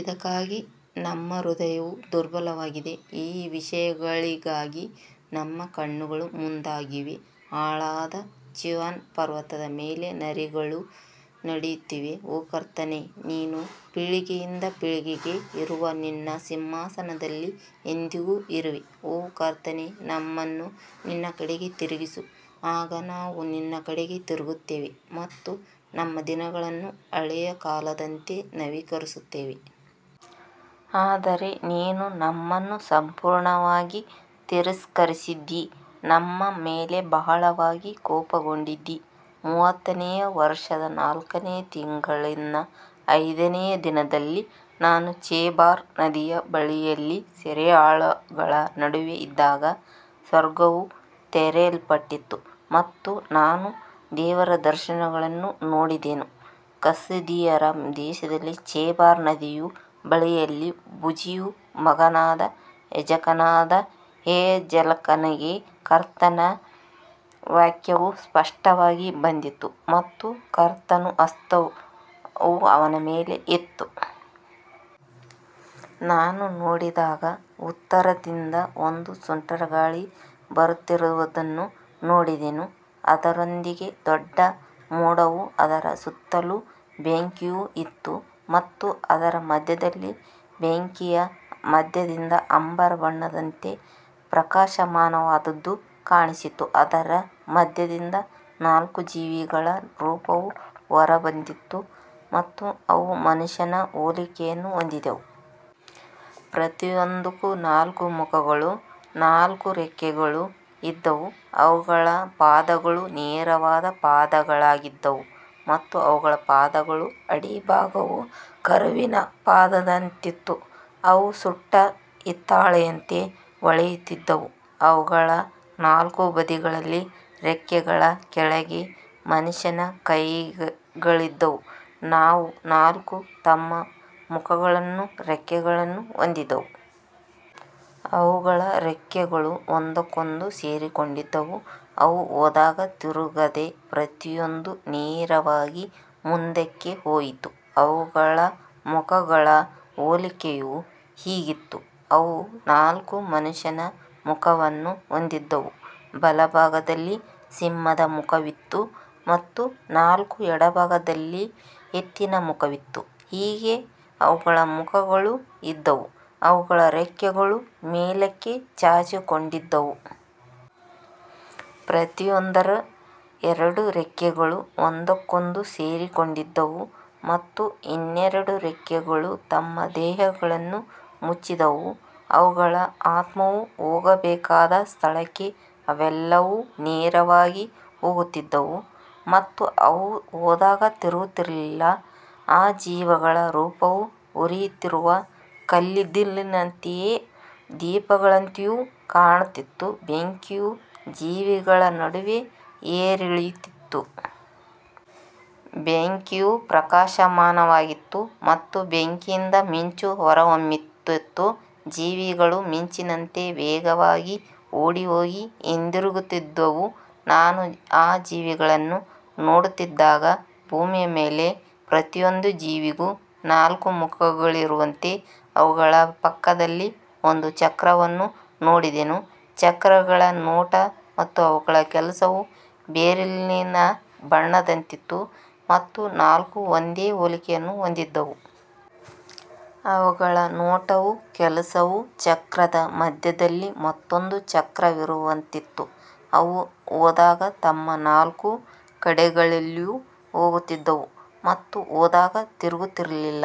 ಇದಕ್ಕಾಗಿ ನಮ್ಮ ಹೃದಯವು ದುರ್ಬಲವಾಗಿದೆ, ಈ ವಿಷಯಗಳಿಗಾಗಿ ನಮ್ಮ ಕಣ್ಣುಗಳು ಮಂದವಾಗಿವೆ. ಹಾಳಾದ ಚೀಯೋನ್ ಪರ್ವತದ ಮೇಲೆ ನರಿಗಳು ನಡೆಯುತ್ತವೆ. ಓ ಕರ್ತನೇ, ನೀನು ಪೀಳಿಗೆಯಿಂದ ಪೀಳಿಗೆಗೆ ಇರುವ ನಿನ್ನ ಸಿಂಹಾಸನದಲ್ಲಿ ಎಂದೆಂದಿಗೂ ಇರುವೆ. ಓ ಕರ್ತನೇ, ನಮ್ಮನ್ನು ನಿನ್ನ ಕಡೆಗೆ ತಿರುಗಿಸು, ಆಗ ನಾವು ನಿನ್ನ ಕಡೆಗೆ ತಿರುಗುತ್ತೇವೆ ಮತ್ತು ನಮ್ಮ ದಿನಗಳನ್ನು ಹಳೆಯ ಕಾಲದಂತೆ ನವೀಕರಿಸುತ್ತೇವೆ. ಆದರೆ ನೀನು ನಮ್ಮನ್ನು ಸಂಪೂರ್ಣವಾಗಿ ತಿರಸ್ಕರಿಸಿದ್ದೀ, ನಮ್ಮ ಮೇಲೆ ಬಹಳವಾಗಿ ಕೋಪಗೊಂಡಿದ್ದೀ. ಮೂವತ್ತನೆಯ ವರುಷದ ನಾಲ್ಕನೆಯ ತಿಂಗಳಿನ ಐದನೆಯ ದಿನದಲ್ಲಿ ನಾನು ಚೆಬಾರ್ ನದಿಯ ಬಳಿಯಲ್ಲಿ ಸೆರೆಯಾಳುಗಳ ನಡುವೆ ಇದ್ದಾಗ ಸ್ವರ್ಗವು ತೆರೆಯಲ್ಪಟ್ಟಿತು ಮತ್ತು ನಾನು ದೇವರ ದರ್ಶನಗಳನ್ನು ನೋಡಿದೆನು. ಕಸ್ದೀಯರ ದೇಶದಲ್ಲಿ ಚೆಬಾರ್ ನದಿಯ ಬಳಿಯಲ್ಲಿ ಬೂಜಿಯ ಮಗನಾದ ಯಾಜಕನಾದ ಯೆಹೆಜ್ಕೇಲನಿಗೆ ಕರ್ತನ ವಾಕ್ಯವು ಸ್ಪಷ್ಟವಾಗಿ ಬಂದಿತು ಮತ್ತು ಕರ್ತನ ಹಸ್ತವು ಅವನ ಮೇಲೆ ಇತ್ತು. ನಾನು ನೋಡಿದಾಗ, ಉತ್ತರದಿಂದ ಒಂದು ಸುಂಟರಗಾಳಿ ಬರುತ್ತಿರುವುದನ್ನು ನೋಡಿದೆನು. ಅದರೊಂದಿಗೆ ದೊಡ್ಡ ಮೋಡವೂ ಅದರ ಸುತ್ತಲೂ ಬೆಂಕಿಯೂ ಇತ್ತು ಮತ್ತು ಅದರ ಮಧ್ಯದಲ್ಲಿ ಬೆಂಕಿಯ ಮಧ್ಯದಿಂದ ಅಂಬರ್ ಬಣ್ಣದಂತೆ ಪ್ರಕಾಶಮಾನವಾದದ್ದು ಕಾಣಿಸಿತು. ಅದರ ಮಧ್ಯದಿಂದ ನಾಲ್ಕು ಜೀವಿಗಳ ರೂಪವು ಹೊರಬಂದಿತು ಮತ್ತು ಅವು ಮನುಷ್ಯನ ಹೋಲಿಕೆಯನ್ನು ಹೊಂದಿದ್ದವು. ಪ್ರತಿಯೊಂದಕ್ಕೂ ನಾಲ್ಕು ಮುಖಗಳೂ ನಾಲ್ಕು ರೆಕ್ಕೆಗಳೂ ಇದ್ದವು. ಅವುಗಳ ಪಾದಗಳು ನೇರವಾದ ಪಾದಗಳಾಗಿದ್ದವು ಮತ್ತು ಅವುಗಳ ಪಾದಗಳ ಅಡಿಭಾಗವು ಕರುವಿನ ಪಾದದಂತಿತ್ತು. ಅವು ಸುಟ್ಟ ಹಿತ್ತಾಳೆಯಂತೆ ಹೊಳೆಯುತ್ತಿದ್ದವು. ಅವುಗಳ ನಾಲ್ಕು ಬದಿಗಳಲ್ಲಿ ರೆಕ್ಕೆಗಳ ಕೆಳಗೆ ಮನುಷ್ಯನ ಕೈಗಳಿದ್ದವು. ಅವು ನಾಲ್ಕೂ ತಮ್ಮ ಮುಖಗಳನ್ನೂ ರೆಕ್ಕೆಗಳನ್ನೂ ಹೊಂದಿದ್ದವು. ಅವುಗಳ ರೆಕ್ಕೆಗಳು ಒಂದಕ್ಕೊಂದು ಸೇರಿಕೊಂಡಿದ್ದವು. ಅವು ಹೋದಾಗ ತಿರುಗದೆ, ಪ್ರತಿಯೊಂದೂ ನೇರವಾಗಿ ಮುಂದಕ್ಕೆ ಹೋಯಿತು. ಅವುಗಳ ಮುಖಗಳ ಹೋಲಿಕೆಯು ಹೀಗಿತ್ತು, ಅವು ನಾಲ್ಕೂ ಮನುಷ್ಯನ ಮುಖವನ್ನು ಹೊಂದಿದ್ದವು, ಬಲಭಾಗದಲ್ಲಿ ಸಿಂಹದ ಮುಖವಿತ್ತು ಮತ್ತು ನಾಲ್ಕೂ ಎಡಭಾಗದಲ್ಲಿ ಎತ್ತಿನ ಮುಖವಿತ್ತು. ಹೀಗೆ ಅವುಗಳ ಮುಖಗಳು ಇದ್ದವು. ಅವುಗಳ ರೆಕ್ಕೆಗಳು ಮೇಲಕ್ಕೆ ಚಾಚಿಕೊಂಡಿದ್ದವು. ಪ್ರತಿಯೊಂದರ ಎರಡು ರೆಕ್ಕೆಗಳು ಒಂದಕ್ಕೊಂದು ಸೇರಿಕೊಂಡಿದ್ದವು ಮತ್ತು ಇನ್ನೆರಡು ರೆಕ್ಕೆಗಳು ತಮ್ಮ ದೇಹಗಳನ್ನು ಮುಚ್ಚಿದ್ದವು. ಅವುಗಳ ಆತ್ಮವು ಹೋಗಬೇಕಾದ ಸ್ಥಳಕ್ಕೆ ಅವೆಲ್ಲವೂ ನೇರವಾಗಿ ಹೋಗುತ್ತಿದ್ದವು ಮತ್ತು ಅವು ಹೋದಾಗ ತಿರುಗುತ್ತಿರಲಿಲ್ಲ. ಆ ಜೀವಿಗಳ ರೂಪವು ಉರಿಯುತ್ತಿರುವ ಕಲ್ಲಿದ್ದಲಿನಂತೆಯೂ ದೀಪಗಳಂತೆಯೂ ಕಾಣುತ್ತಿತ್ತು. ಬೆಂಕಿಯು ಜೀವಿಗಳ ನಡುವೆ ಏರಿಳಿಯುತ್ತಿತ್ತು. ಬೆಂಕಿಯು ಪ್ರಕಾಶಮಾನವಾಗಿತ್ತು ಮತ್ತು ಬೆಂಕಿಯಿಂದ ಮಿಂಚು ಹೊರಹೊಮ್ಮುತ್ತಿತ್ತು. ಜೀವಿಗಳು ಮಿಂಚಿನಂತೆ ವೇಗವಾಗಿ ಓಡಿಹೋಗಿ ಹಿಂದಿರುಗುತ್ತಿದ್ದವು. ನಾನು ಆ ಜೀವಿಗಳನ್ನು ನೋಡುತ್ತಿದ್ದಾಗ, ಭೂಮಿಯ ಮೇಲೆ ಪ್ರತಿಯೊಂದು ಜೀವಿಗೂ ನಾಲ್ಕು ಮುಖಗಳಿರುವಂತೆ ಅವುಗಳ ಪಕ್ಕದಲ್ಲಿ ಒಂದು ಚಕ್ರವನ್ನು ನೋಡಿದೆನು. ಚಕ್ರಗಳ ನೋಟ ಮತ್ತು ಅವುಗಳ ಕೆಲಸವು ಬೆರಿಲಿನ ಬಣ್ಣದಂತಿತ್ತು ಮತ್ತು ನಾಲ್ಕೂ ಒಂದೇ ಹೋಲಿಕೆಯನ್ನು ಹೊಂದಿದ್ದವು. ಅವುಗಳ ನೋಟವೂ ಕೆಲಸವೂ ಚಕ್ರದ ಮಧ್ಯದಲ್ಲಿ ಮತ್ತೊಂದು ಚಕ್ರವಿರುವಂತಿತ್ತು. ಅವು ಹೋದಾಗ ತಮ್ಮ ನಾಲ್ಕು ಕಡೆಗಳಲ್ಲಿಯೂ ಹೋಗುತ್ತಿದ್ದವು ಮತ್ತು ಹೋದಾಗ ತಿರುಗುತ್ತಿರಲಿಲ್ಲ.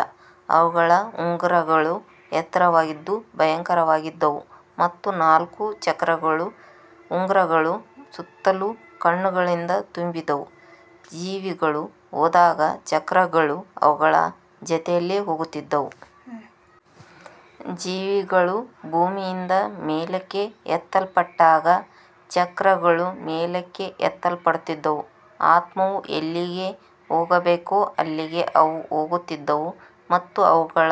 ಅವುಗಳ ಉಂಗುರಗಳು ಎತ್ತರವಾಗಿದ್ದು ಭಯಂಕರವಾಗಿದ್ದವು ಮತ್ತು ನಾಲ್ಕೂ ಚಕ್ರಗಳ ಉಂಗುರಗಳು ಸುತ್ತಲೂ ಕಣ್ಣುಗಳಿಂದ ತುಂಬಿದ್ದವು. ಜೀವಿಗಳು ಹೋದಾಗ ಚಕ್ರಗಳೂ ಅವುಗಳ ಜೊತೆಯಲ್ಲಿ ಹೋಗುತ್ತಿದ್ದವು. ಜೀವಿಗಳು ಭೂಮಿಯಿಂದ ಮೇಲಕ್ಕೆ ಎತ್ತಲ್ಪಟ್ಟಾಗ ಚಕ್ರಗಳೂ ಮೇಲಕ್ಕೆ ಎತ್ತಲ್ಪಡುತ್ತಿದ್ದವು. ಆತ್ಮವು ಎಲ್ಲಿಗೆ ಹೋಗಬೇಕೋ ಅಲ್ಲಿಗೆ ಅವು ಹೋಗುತ್ತಿದ್ದವು ಮತ್ತು ಅವುಗಳ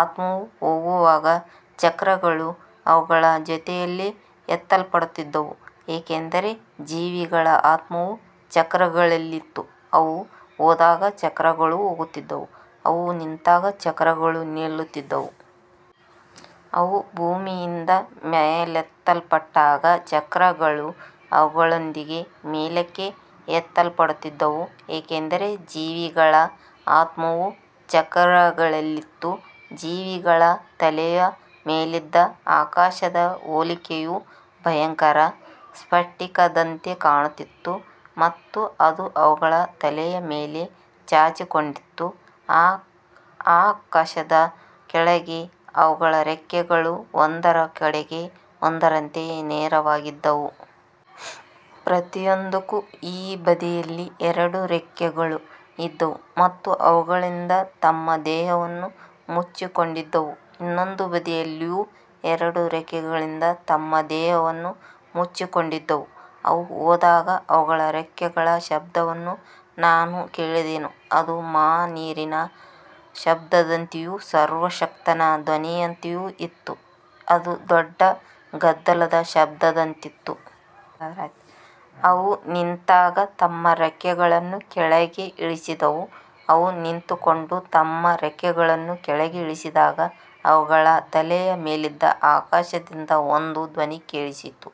ಆತ್ಮವು ಹೋಗುವಾಗ ಚಕ್ರಗಳೂ ಅವುಗಳ ಜೊತೆಯಲ್ಲಿ ಎತ್ತಲ್ಪಡುತ್ತಿದ್ದವು, ಏಕೆಂದರೆ ಜೀವಿಗಳ ಆತ್ಮವು ಚಕ್ರಗಳಲ್ಲಿತ್ತು. ಅವು ಹೋದಾಗ ಚಕ್ರಗಳೂ ಹೋಗುತ್ತಿದ್ದವು. ಅವು ನಿಂತಾಗ ಚಕ್ರಗಳೂ ನಿಲ್ಲುತ್ತಿದ್ದವು. ಅವು ಭೂಮಿಯಿಂದ ಮೇಲೆತ್ತಲ್ಪಟ್ಟಾಗ ಚಕ್ರಗಳೂ ಅವುಗಳೊಂದಿಗೆ ಮೇಲಕ್ಕೆ ಎತ್ತಲ್ಪಡುತ್ತಿದ್ದವು, ಏಕೆಂದರೆ ಜೀವಿಗಳ ಆತ್ಮವು ಚಕ್ರಗಳಲ್ಲಿತ್ತು. ಜೀವಿಗಳ ತಲೆಯ ಮೇಲಿದ್ದ ಆಕಾಶದ ಹೋಲಿಕೆಯು ಭಯಂಕರ ಸ್ಫಟಿಕದಂತೆ ಕಾಣುತ್ತಿತ್ತು ಮತ್ತು ಅದು ಅವುಗಳ ತಲೆಯ ಮೇಲೆ ಚಾಚಿಕೊಂಡಿತ್ತು. ಆ ಆಕಾಶದ ಕೆಳಗೆ ಅವುಗಳ ರೆಕ್ಕೆಗಳು ಒಂದರ ಕಡೆಗೆ ಒಂದರಂತೆ ನೇರವಾಗಿದ್ದವು. ಪ್ರತಿಯೊಂದಕ್ಕೂ ಈ ಬದಿಯಲ್ಲಿ ಎರಡು ರೆಕ್ಕೆಗಳು ಇದ್ದವು ಮತ್ತು ಅವುಗಳಿಂದ ತಮ್ಮ ದೇಹವನ್ನು ಮುಚ್ಚಿಕೊಂಡಿದ್ದವು. ಇನ್ನೊಂದು ಬದಿಯಲ್ಲಿಯೂ ಎರಡು ರೆಕ್ಕೆಗಳಿಂದ ತಮ್ಮ ದೇಹವನ್ನು ಮುಚ್ಚಿಕೊಂಡಿದ್ದವು. ಅವು ಹೋದಾಗ ಅವುಗಳ ರೆಕ್ಕೆಗಳ ಶಬ್ದವನ್ನು ನಾನು ಕೇಳಿದೆನು. ಅದು ಮಹಾ ನೀರಿನ ಶಬ್ದದಂತೆಯೂ ಸರ್ವಶಕ್ತನ ಧ್ವನಿಯಂತೆಯೂ ಇತ್ತು. ಅದು ದೊಡ್ಡ ಗದ್ದಲದ ಶಬ್ದದಂತಿತ್ತು. ಅವು ನಿಂತಾಗ ತಮ್ಮ ರೆಕ್ಕೆಗಳನ್ನು ಕೆಳಗೆ ಇಳಿಸಿದವು. ಅವು ನಿಂತುಕೊಂಡು ತಮ್ಮ ರೆಕ್ಕೆಗಳನ್ನು ಕೆಳಗೆ ಇಳಿಸಿದಾಗ, ಅವುಗಳ ತಲೆಯ ಮೇಲಿದ್ದ ಆಕಾಶದಿಂದ ಒಂದು ಧ್ವನಿ ಕೇಳಿಸಿತು.